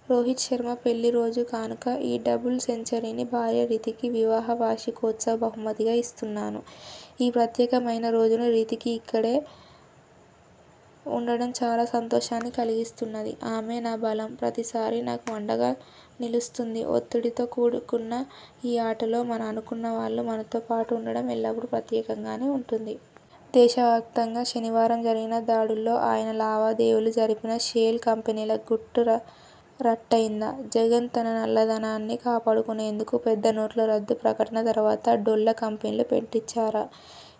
- రోహిత్ శర్మ పెళ్లి రోజు కానుక ఈ డబుల్ సెంచరీని భార్య రితికి వివాహ వార్షికోత్సవ బహుమతిగా ఇస్తున్నాను. ఈ ప్రత్యేకమైన రోజున రితికి ఇక్కడే ఉండడం చాలా సంతోషాన్ని కలిగిస్తున్నది. ఆమే నా బలం. ప్రతిసారీ నాకు అండగా నిలుస్తుంది. ఒత్తిడితో కూడుకున్న ఈ ఆటలో మన అనుకున్నవాళ్లు మనతో పాటు ఉండడం ఎల్లప్పుడూ ప్రత్యేకంగానే ఉంటుంది. దేశవ్యాప్తంగా శనివారం జరిగిన దాడుల్లో ఆయన లావాదేవీలు జరిపిన షెల్ కంపెనీల గుట్టు రట్టయిందా? జగన్ తన నల్లధనాన్ని కాపాడుకునేందుకు పెద్ద నోట్ల రద్దు ప్రకటన తర్వాత డొల్ల కంపెనీలు పెట్టించారా?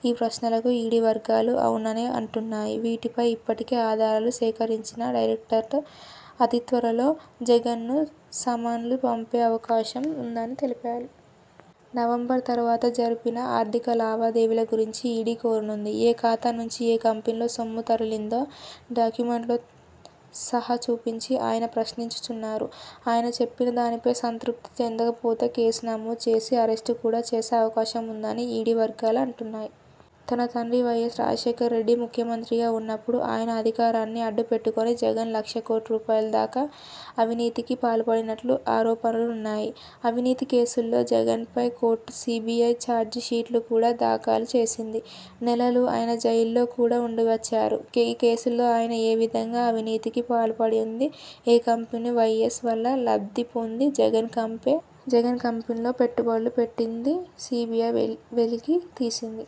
ఈ ప్రశ్నలకు ఈడీ వర్గాలు అవుననే అంటున్నాయి. వీటిపై ఇప్పటికే ఆధారాలు సేకరించిన డైరెక్టరేట్ తో అతిత్వరలో జగన్ను సమన్లు పంపే అవకాశం ఉందని తెలిపాయి. నవంబరు తర్వాత జరిపిన ఆర్థిక లావాదేవీల గురించి ఈడీ కోరనుంది. ఏ ఖాతా నుంచి ఏ కంపెనిలో సొమ్ము తరలిందో డాక్యుమెంట్లోసహా చూపించి ఆయన్ను ప్రశ్నించనున్నారు. ఆయన చెప్పిన దానిపై సంతృప్తి చెందకపోతే కేసు నమోదు చేసి అరెస్టు కూడా చేసే అవకాశముందని ఈడీ వర్గాలు అంటున్నాయి. తన తండ్రి వైఎస్ రాజశేఖర్రెడ్డి ముఖ్యమంత్రిగా ఉన్నప్పుడు ఆయన అధికారాన్ని అడ్డుపెట్టుకుని జగన్ లక్ష కోటి రూపాయల దాకా అవినీతికి పాల్పడినట్లు ఆరోపణలున్నాయి. అవినీతి కేసుల్లో జగన్పై కోర్టు సీబీఐ చార్జిషీట్లు కూడా దాఖలు చేసింది. నెలలు ఆయన జైలులో కూడా ఉండివచ్చారు. ఈ కేసుల్లో ఆయన ఏ విధంగా అవినీతికి పాల్పడింది ఏ కంపెనీ వైఎస్ వల్ల లబ్ధి పొంది జగన్ కంపెనీల్లో పెట్టుబడులు పెట్టిందీ సీబీఐ వెలికి తీసింది.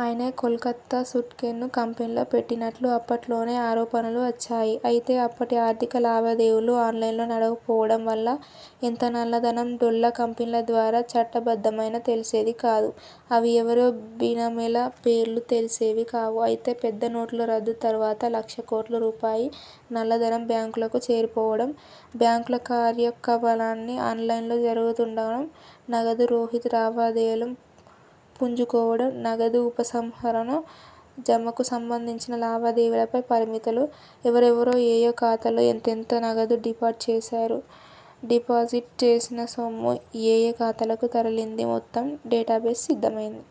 ఆయన కోల్కతా సూట్కేను కంపెనీలో పెట్టినట్లు అప్పట్లోనే ఆరోపణలు వచ్చాయి. అయితే అప్పటి ఆర్థిక లావాదేవీలు ఆన్లైన్లో నడవకపోవడం వల్ల ఎంత నల్లధనం డొల్ల కంపెనీల ద్వారా చట్టబద్ధమైనా తెలిసేది కాదు. అవి ఎవరివో బినామీల పేర్లు తెలిసేవి కావు. అయితే పెద్ద నోట్ల రద్దు తర్వాత లక్షల కోట్లు రూపాయల నల్లధనం బ్యాంకులకు చేరిపోవడం, బ్యాంకుల కార్యకపాలన్నీ ఆన్లైన్లో జరుగుతుండడం, నగదు రోహిత్ లావాదేవీలు పుంజుకోవడం, నగదు ఉపసంహరణ, జమకు సంబంధించిన లావాదేవీలపై పరిమితులు, ఎవరెవరు ఏయే ఖాతాల్లో ఎంతెంత నగదు డిపాట్ చేశారు డిపాజిట్ చేసిన సొమ్ము ఏయే ఖాతాలకు తరలింది మొత్తం డేటాబేస్ సిద్ధమైంది.